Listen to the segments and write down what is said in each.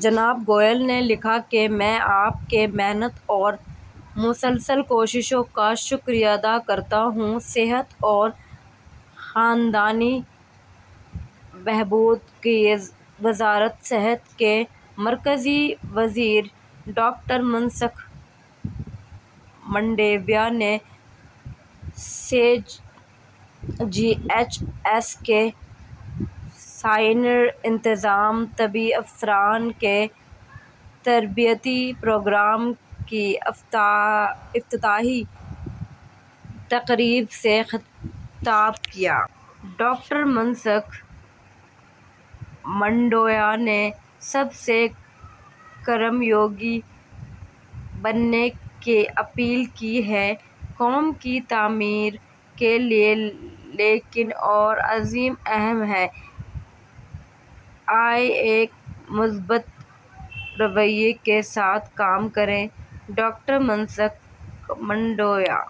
جناب گوئل نے لکھا کہ ''میں، آپ کی محنت اور مسلسل کوششوں کا شکریہ ادا کرتا ہوں۔ صحت اور خاندانی بہبود کی وزارت: صحت کے مرکزی وزیر ڈاکٹر منسکھ مانڈویا نے سی جی ایچ ایس کے سینئر انتظامی طبی افسران کے تربیتی پروگرام کی افتتاحی تقریب سے خطاب کیا۔ ڈاکٹر منسکھ مانڈویا نے سب سے کرم یوگی بننے کی اپیل کی ہے۔ ''قوم کی تعمیر کے لیے لگن اور عزم اہم ہے۔'' آئیے ایک مثبت ''رویہ'' کے ساتھ کام کریں: ڈاکٹر منسکھ مانڈویا۔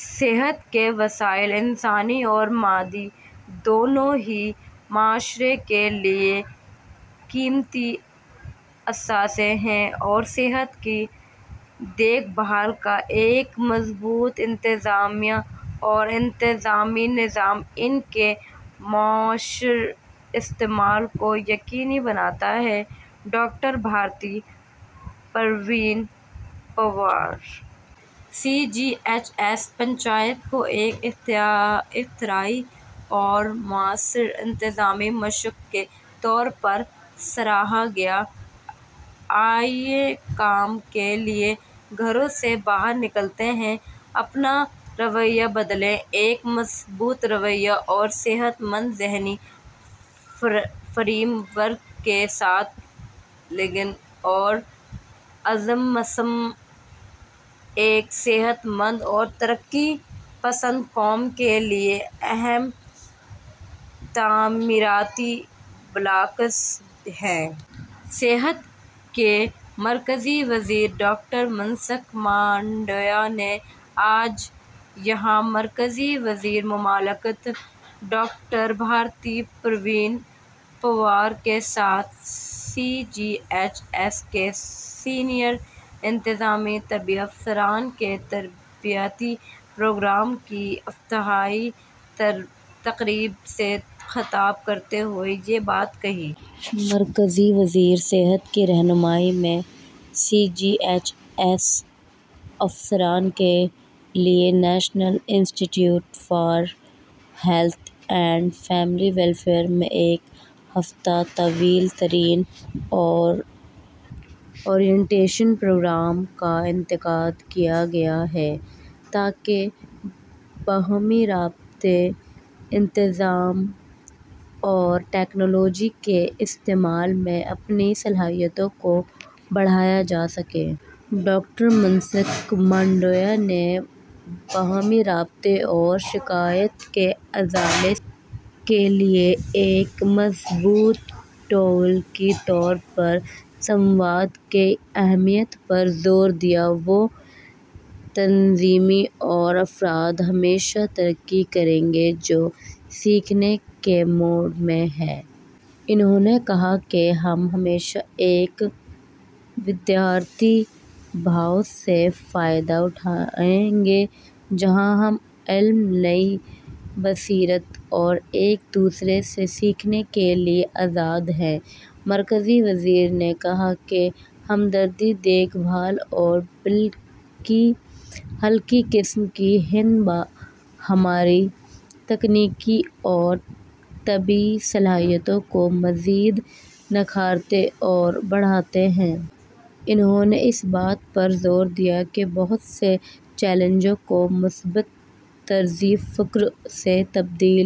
صحت کے وسائل، انسانی اور مادی، دونوں ہی معاشرے کے لیے قیمتی اثاثے ہیں اور صحت کی دیکھ بھال کا ایک مضبوط انتظامیہ اور انتظامی نظام ان کے مؤثر استعمال کو یقینی بناتا ہے: doctor Bharati Pravin Pawar. ''C G H S panchayat'' کو ایک اختراعی اور مؤثر انتظامی مشق کے طور پر سراہا گیا۔ ''آئیے کام کے لیے گھروں سے باہر نکلتے ہی اپنا رویہ بدلیں۔ ایک مثبت رویہ اور صحت مند ذہنی فریم ورک کے ساتھ لگن اور عزمِ مصمم ایک صحت مند اور ترقی پسند قوم کے لیے اہم تعمیراتی بلاکس ہیں۔'' صحت کے مرکزی وزیر ڈاکٹر منسکھ مانڈویا نے آج یہاں مرکزی وزیر مملکت ڈاکٹر بھارتی پروین پوار کے ساتھ سی جی ایچ ایس کے سینئر انتظامی طبی افسران کے تربیتی پروگرام کی افتتاحی تقریب سے خطاب کرتے ہوئے یہ بات کہی۔ مرکزی وزیر صحت کی رہنمائی میں سی جی ایچ ایس افسران کے لیے national institute for health and family welfare میں ایک ہفتہ طویل تربیتی اور اورینٹیشن پروگرام کا انعقاد کیا گیا ہے تاکہ باہمی رابطے، انتظامیہ اور ٹیکنالوجی کے استعمال میں اپنی صلاحیتوں کو بڑھایا جا سکے۔ ڈاکٹر منسکھ مانڈویا نے باہمی رابطے اور شکایات کے ازالے کے لیے ایک مضبوط ٹول کے طور پر ''سمواد'' کی اہمیت پر زور دیا۔ ''وہ تنظیمیں اور افراد ہمیشہ ترقی کریں گے جو سیکھنے کے موڈ میں ہیں۔'' انہوں نے کہا کہ ہم ہمیشہ ایک ''ودیارتھی بھاو'' سے فائدہ اٹھائیں گے، جہاں ہم علم، نئی بصیرت اور ایک دوسرے سے سیکھنے کے لیے آزاد ہیں۔ مرکزی وزیر نے کہا کہ ہمدردی، دیکھ بھال اور ہلکے قسم کے ہنر ہماری تکنیکی اور طبی صلاحیتوں کو مزید نکھارتے اور بڑھاتے ہیں۔ انہوں نے اس بات پر زور دیا کہ بہت سے چیلنجوں کو مثبت طرزِ فکر سے تبدیل